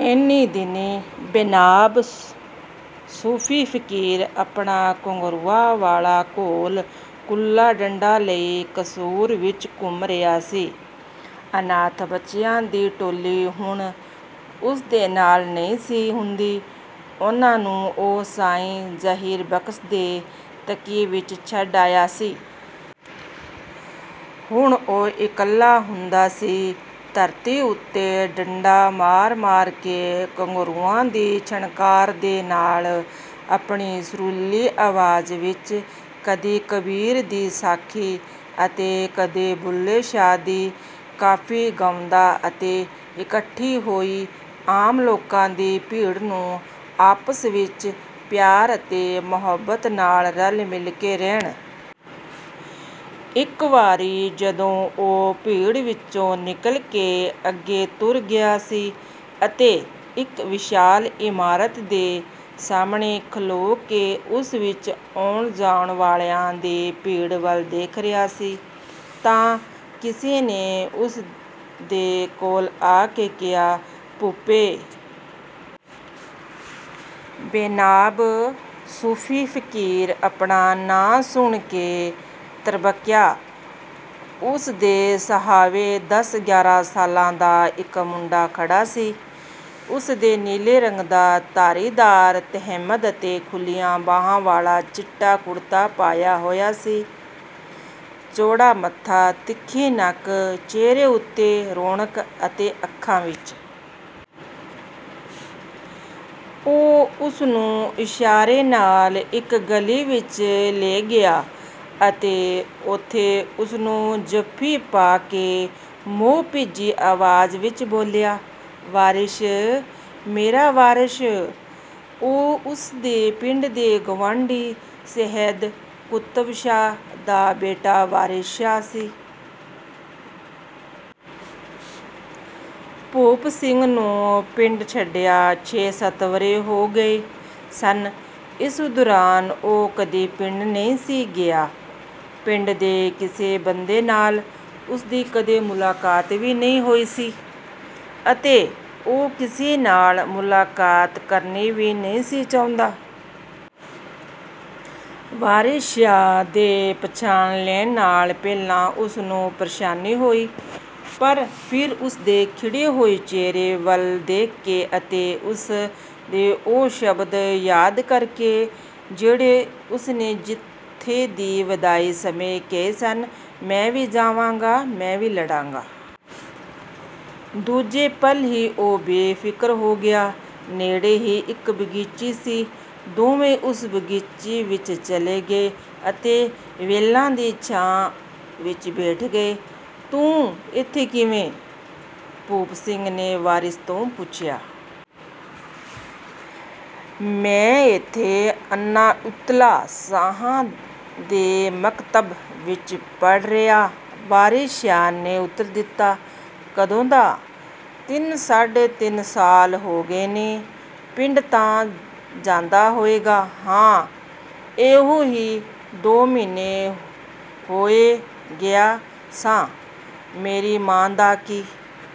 ਇਹਨੀਂ-ਦਿਨੀਂ ਬੇਨਾਮ ਸੂਫੀ ਫਕੀਰ ਆਪਣਾ ਘੁੰਗਰੂਆਂ ਵਾਲਾ ਗੋਲ ਕੂਲਾ ਡੰਡਾ ਲਈ ਕਸੂਰ ਵਿੱਚ ਘੁੰਮ ਰਿਹਾ ਸੀ। ਅਨਾਥ ਬੱਚਿਆਂ ਦੀ ਟੋਲੀ ਹੁਣ ਉਸਦੇ ਨਾਲ ਨਹੀਂ ਸੀ ਹੁੰਦੀ। ਉਹਨਾਂ ਨੂੰ ਉਹ ਸਾਈਂ ਜਹੀਰ ਬਖ਼ਸ਼ ਦੇ ਤਕੀਏ ਵਿੱਚ ਛੱਡ ਆਇਆ ਸੀ। ਹੁਣ ਉਹ ਇਕੱਲਾ ਹੁੰਦਾ ਸੀ। ਧਰਤੀ ਉੱਤੇ ਡੰਡਾ ਮਾਰ-ਮਾਰ ਕੇ ਘੁੰਗਰੂਆਂ ਦੀ ਛਣਕਾਰ ਦੇ ਨਾਲ, ਆਪਣੀ ਸੁਰੀਲੀ ਆਵਾਜ਼ ਵਿੱਚ, ਕਦੀ ਕਬੀਰ ਦੀ ਸਾਖੀ ਅਤੇ ਕਦੀ ਬੁੱਲ੍ਹੇ ਸ਼ਾਹ ਦੀ ਕਾਫ਼ੀ ਗਾਉਂਦਾ ਅਤੇ ਇਕੱਠੀ ਹੋਈ ਆਮ ਲੋਕਾਂ ਦੀ ਭੀੜ ਨੂੰ ਆਪਸ ਵਿੱਚ ਪਿਆਰ ਅਤੇ ਮੁਹੱਬਤ ਨਾਲ, ਰਲ-ਮਿਲ ਕੇ ਰਹਿਣ ਦਾ ਉਪਦੇਸ਼ ਵੀ ਦਿੰਦਾ ਸੀ। ਇੱਕ ਵਾਰੀ ਜਦੋਂ ਉਹ ਭੀੜ ਵਿੱਚੋਂ ਨਿਕਲ ਕੇ ਅੱਗੇ ਤੁਰ ਗਿਆ ਸੀ ਅਤੇ ਇੱਕ ਵਿਸ਼ਾਲ ਇਮਾਰਤ ਦੇ ਸਾਹਮਣੇ ਖਲੋ ਕੇ ਉਸ ਵਿੱਚ ਆਉਣ-ਜਾਣ ਵਾਲਿਆਂ ਦੀ ਭੀੜ ਵੱਲ ਦੇਖ ਰਿਹਾ ਸੀ ਤਾਂ ਕਿਸੇ ਨੇ ਉਸਦੇ ਕੋਲ ਆ ਕੇ ਕਿਹਾ, "ਭੂਪੇ।" ਬੇਨਾਮ ਸੂਫੀ ਫਕੀਰ ਆਪਣਾ ਨਾਂਅ ਸੁਣ ਕੇ ਤ੍ਰਭਕਿਆ। ਉਸਦੇ ਸਾਹਵੇਂ ਦਸ-ਗਿਆਰਾਂ ਸਾਲ ਦਾ ਇੱਕ ਮੁੰਡਾ ਖੜ੍ਹਾ ਸੀ। ਉਸਦੇ ਨੀਲੇ ਰੰਗ ਦਾ ਧਾਰੀਦਾਰ ਤਹਿਮਦ ਅਤੇ ਖੁੱਲ੍ਹੀਆਂ ਬਾਹਾਂ ਵਾਲਾ ਚਿੱਟਾ ਕੁੜਤਾ ਪਾਇਆ ਹੋਇਆ ਸੀ। ਚੌੜਾ ਮੱਥਾ, ਤਿੱਖੀ ਨੱਕ, ਚਿਹਰੇ ਉੱਤੇ ਰੌਣਕ ਅਤੇ ਅੱਖਾਂ ਵਿੱਚ ਚਮਕ ਸੀ; ਪਛਾਣਨ ਵਿੱਚ ਦੇਰ ਨਹੀਂ ਲੱਗੀ। ਉਹ ਉਸਨੂੰ ਇਸ਼ਾਰੇ ਨਾਲ ਇੱਕ ਗਲੀ ਵਿੱਚ ਲੈ ਗਿਆ ਅਤੇ ਉੱਥੇ ਉਸਨੂੰ ਜੱਫੀ ਪਾ ਕੇ ਮੋਹ-ਭਿੱਜੀ ਆਵਾਜ਼ ਵਿੱਚ ਬੋਲਿਆ, "ਵਾਰਿਸ! ਮੇਰਾ ਵਾਰਸ!" ਉਹ ਉਸਦੇ ਪਿੰਡ ਦੇ ਗੁਆਂਢੀ ਸੱਯਦ ਕੁਤਬ ਸ਼ਾਹ ਦਾ ਬੇਟਾ, ਵਾਰਿਸ ਸ਼ਾਹ ਸੀ। ਭੂਪ ਸਿੰਘ ਨੂੰ ਪਿੰਡ ਛੱਡਿਆਂ ਛੇ-ਸੱਤ ਵਰ੍ਹੇ ਹੋ ਗਏ ਸਨ। ਇਸ ਦੌਰਾਨ ਉਹ ਕਦੀ ਪਿੰਡ ਨਹੀਂ ਸੀ ਗਿਆ। ਪਿੰਡ ਦੇ ਕਿਸੇ ਬੰਦੇ ਨਾਲ ਉਸਦੀ ਕਦੀ ਮੁਲਾਕਾਤ ਵੀ ਨਹੀਂ ਹੋਈ ਸੀ ਅਤੇ ਉਹ ਕਿਸੇ ਨਾਲ ਮੁਲਾਕਾਤ ਕਰਨੀ ਵੀ ਨਹੀਂ ਸੀ ਚਾਹੁੰਦਾ। ਵਾਰਿਸ ਦੇ ਪਛਾਣ ਲੈਣ ਨਾਲ ਪਹਿਲਾਂ ਉਸਨੂੰ ਪ੍ਰੇਸ਼ਾਨੀ ਹੋਈ ਪਰ ਫੇਰ ਉਸਦੇ ਖਿੜੇ ਹੋਏ ਚਿਹਰੇ ਵੱਲ ਦੇਖ ਕੇ ਅਤੇ ਉਸਦੇ ਉਹ ਸ਼ਬਦ ਯਾਦ ਕਰਕੇ ਜਿਹੜੇ ਉਸਨੇ ਜੱਥੇ ਦੀ ਵਿਦਾਈ ਸਮੇਂ ਕਹੇ ਸਨ, "ਮੈਂ ਵੀ ਜਾਵਾਂਗਾ, ਮੈਂ ਵੀ ਲੜਾਂਗਾ।" ਦੂਜੇ ਪਲ ਹੀ ਉਹ ਬੇਫਿਕਰ ਹੋ ਗਿਆ। ਨੇੜੇ ਹੀ ਇੱਕ ਬਗੀਚੀ ਸੀ। ਦੋਵੇਂ ਉਸ ਬਗੀਚੀ ਵਿੱਚ ਚਲੇ ਗਏ ਅਤੇ ਵੇਲਾਂ ਦੀ ਛਾਂ ਵਿੱਚ ਬੈਠ ਗਏ। "ਤੂੰ ਇੱਥੇ ਕਿਵੇਂ?" ਭੂਪ ਸਿੰਘ ਨੇ ਵਾਰਿਸ ਤੋਂ ਪੁੱਛਿਆ। "ਮੈਂ ਇੱਥੇ ਅਨਾਇਤੁੱਲਾ ਸ਼ਾਹ ਦੇ ਮਕਤਬ ਵਿੱਚ ਪੜ੍ਹ ਰਿਹਾ।" ਵਾਰਿਸ ਨੇ ਉੱਤਰ ਦਿੱਤਾ। "ਕਦੋਂ ਦਾ?" "ਤਿੰਨ-ਸਾਢੇ ਤਿੰਨ ਸਾਲ ਹੋ ਗਏ ਨੇ।" "ਪਿੰਡ ਤਾਂ ਜਾਂਦਾ ਹੋਏਂਗਾ?" "ਹਾਂ। ਐਹਿ ਦੋ ਮਹੀਨੇ ਹੋਏ ਗਿਆ ਸਾਂ। ਮੇਰੀ ਮਾਂ ਦਾ ਕੀ